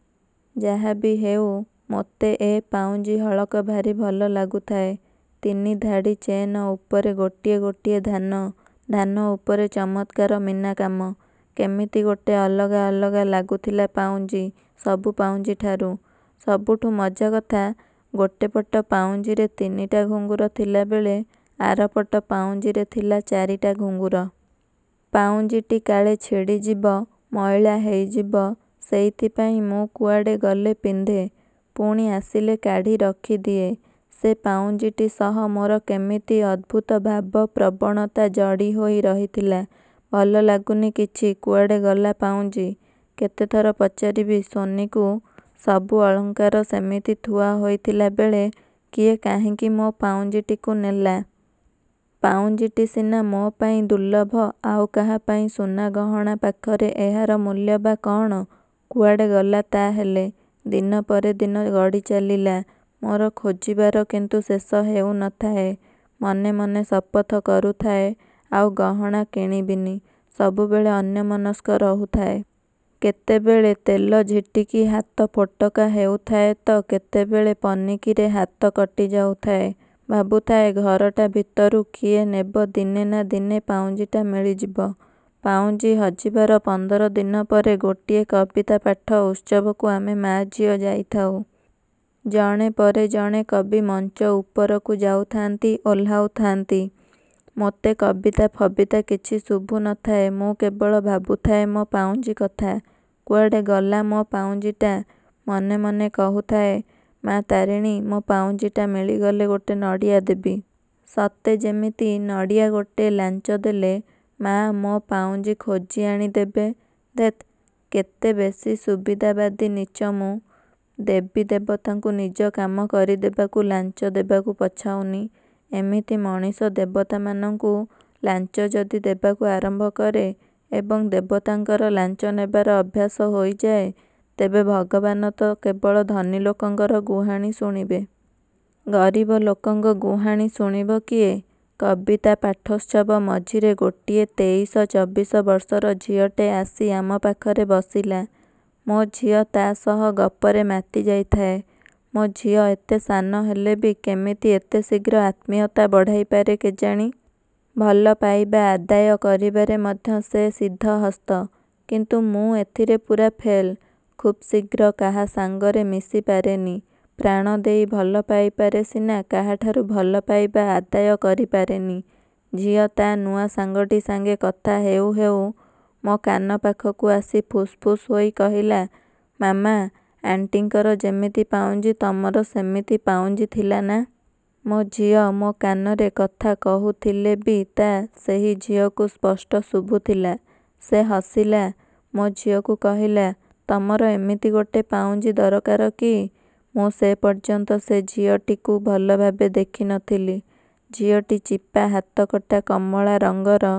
ଯାହାବି ହେଉ ମୋତେ ଏ ପାଉଁଜି ହଳକ ଭାରି ଭଲ ଲାଗୁଥାଏ। ତିନି ଧାଡ଼ି ଚେନ ଉପରେ ଗୋଟିଏ ଗୋଟିଏ ଧାନ, ଧାନ ଉପରେ ଚମତ୍କାର ମିନାକାମ। କେମିତି ଗୋଟେ ଅଲଗା ଅଲଗା ଲାଗୁଥିଲା ପାଉଁଜି ସବୁ ପାଉଁଜିଠାରୁ। ସବୁଠୁ ମଜାକଥା ଗୋଟେ ପଟ ପାଉଁଜିରେ ତିନିଟା ଘୁଙ୍ଗୁର ଥିଲାବେଳେ ଆରପଟ ପାଉଁଜିରେ ଥିଲା ଚାରିଟା ଘୁଙ୍ଗୁର। ପାଉଁଜିଟି କାଳେ ଛିଡ଼ିଯିବ, ମଇଳା ହେଇଯିବ ସେଇଥିପାଇଁ ମୁଁ କୁଆଡ଼େ ଗଲେ ପିନ୍ଧେ, ପୁଣି ଆସିଲେ କାଢ଼ି ରଖିଦିଏ। ସେ ପାଉଁଜିଟି ସହ ମୋର କେମିତି ଅଦ୍ଭୂତ ଭାବପ୍ରବଣତା ଜଡି ହୋଇ ରହିଥିଲା। ଭଲ ଲାଗୁନି କିଛି କୁଆଡ଼େ ଗଲା ପାଉଁଜି? କେତେଥର ପଚାରିବି ସୋନିକୁ ସବୁ ଅଳଙ୍କାର ସେମିତି ଥୁଆ ହୋଇଥିଲାବେଳେ କିଏ କାହିଁକି ମୋ ପାଉଁଜିଟିକୁ ନେଲା! ପାଉଁଜିଟି ସିନା ମୋ ପାଇଁ ଦୁର୍ଲଭ ଆଉ କାହାପାଇଁ ସୁନା ଗହଣା ପାଖରେ ଏହାର ମୂଲ୍ୟ ବା କ'ଣ? କୁଆଡ଼େ ଗଲା ତା'ହେଲେ। ଦିନପରେ ଦିନ ଗଡ଼ିଚାଲିଲା ମୋର ଖୋଜିବାର କିନ୍ତୁ ଶେଷ ହେଉନଥାଏ। ମନେ ମନେ ଶପଥ କରୁଥାଏ ଆଉ ଗହଣା କିଣିବିନି। ସବୁବେଳେ ଅନ୍ୟମନସ୍କ ରହୁଥାଏ। କେତେବେଳେ ତେଲ ଝିଟିକି ହାତ ଫୋଟକା ହେଉଥାଏ ତ କେତେବେଳେ ପନିକିରେ ହାତ କଟିଯାଉଥାଏ। ଭାବୁଥାଏ ଘରଟା ଭିତରୁ କିଏ ନେବ ଦିନେ ନା ଦିନେ ପାଉଁଜିଟା ମିଳିଯିବ। ପାଉଁଜି ହଜିବାର ପନ୍ଦର ଦିନ ପରେ ଗୋଟିଏ କବିତା ପାଠ ଉତ୍ସବକୁ ଆମେ ମା'ଝିଅ ଯାଇଥାଉ। ଜଣେ ପରେ ଜଣେ କବି ମଂଚ ଉପରକୁ ଯାଉଥାନ୍ତି ଓହ୍ଲାଉଥାନ୍ତି। ମୋତେ କବିତା ଫବିତା କିଛି ଶୁଭୁନଥାଏ ମୁଁ କେବଳ ଭାବୁଥାଏ ମୋ ପାଉଁଜି କଥା। କୁଆଡ଼େ ଗଲା ମୋ ପାଉଁଜିଟା? ମନେ ମନେ କହୁଥାଏ ''ମା ତାରିଣୀ ମୋ ପାଉଁଜିଟା ମିଳିଗଲେ ଗୋଟେ ନଡ଼ିଆ ଦେବି। ' ସତେ ଯେମିତି ନଡ଼ିଆ ଗୋଟେ ଲାଂଚ ଦେଲେ ମା' ମୋ ପାଉଁଜି ଖୋଜି ଆଣିଦେବେ। ଧେତ୍ କେତେବେଶୀ ସୁବିଦାବାଦୀ ନୀଚ୍ଚ ମୁଁ। ଦେବୀ ଦେବତାଙ୍କୁ ନିଜ କାମ କରିଦେବାକୁ ଲାଂଚ ଦେବାକୁ ପଛାଉନି। ଏମିତି ମଣିଷ ଦେବତାମାନଙ୍କୁ ଲାଂଚ ଯଦି ଦେବାକୁ ଆରମ୍ଭ କରେ ଏବଂ ଦେବତାଙ୍କର ଲାଂଚ ନେବାର ଅଭ୍ୟାସ ହୋଇଯାଏ, ତେବେ ଭଗବାନ ତ କେବଳ ଧନୀ ଲୋକଙ୍କର ଗୁହାଣୀ ଶୁଣିବେ? ଗରୀବ ଲୋକଙ୍କ ଗୁହାଣୀ ଶୁଣିବ କିଏ? କବିତା ପାଠୋତ୍ସବ ମଝିରେ ଗୋଟିଏ ତେଇଶ, ଚବିଶ ବର୍ଷର ଝିଅଟେ ଆସି ଆମ ପାଖରେ ବସିଲା। ମୋ ଝିଅ ତା' ସହ ଗପରେ ମାତିଯାଇଥାଏ। ମୋ ଝିଅ ଏତେ ସାନ ହେଲେବି କେମିତି ଏତେଶୀଘ୍ର ଆତ୍ମୀୟତା ବଢ଼ାଇପାରେ କେଜାଣି? ଭଲ ପାଇବା ଆଦାୟ କରିବାରେ ମଧ୍ୟ ସେ ସିଦ୍ଧହସ୍ତ। କିନ୍ତୁ ମୁଁ ଏଥିରେ ପୁରା ଫେଲ୍। ଖୁବ୍ଶୀଘ୍ର କାହାସାଙ୍ଗରେ ମିଶିପାରେନି। ପ୍ରାଣ ଦେଇ ଭଲପାଇପାରେ ସିନା କାହାଠାରୁ ଭଲ ପାଇବା ଆଦାୟ କରିପାରେନି। ଝିଅ ତା' ନୂଆ ସାଙ୍ଗଟି ସାଙ୍ଗେ କଥା ହେଉ ହେଉ ମୋ କାନ ପାଖକୁ ଆସି ଫୁସ୍ ଫୁସ୍ ହୋଇ କହିଲା, ''ମାମା, ଆଣ୍ଟିଙ୍କର ଯେମିତି ପାଉଁଜି ତମର ସେମିତି ପାଉଁଜି ଥିଲା ନା। ମୋ ଝିଅ ମୋ କାନରେ କଥା କହୁଥିଲେ ବି ତା' ସେହି ଝିଅକୁ ସ୍ପଷ୍ଟ ଶୁଭୁଥିଲା ସେ ହସିଲା ମୋ ଝିଅକୁ କହିଲା ''ତମର ଏମିତି ଗୋଟେ ପାଉଁଜି ଦରକାର କି? ମୁଁ ସେ ପର୍ଯ୍ୟନ୍ତ ସେ ଝିଅଟିକୁ ଭଲଭାବେ ଦେଖିନଥିଲି। ଝିଅଟି ଚିପା ହାତକଟା କମଳା ରଙ୍ଗର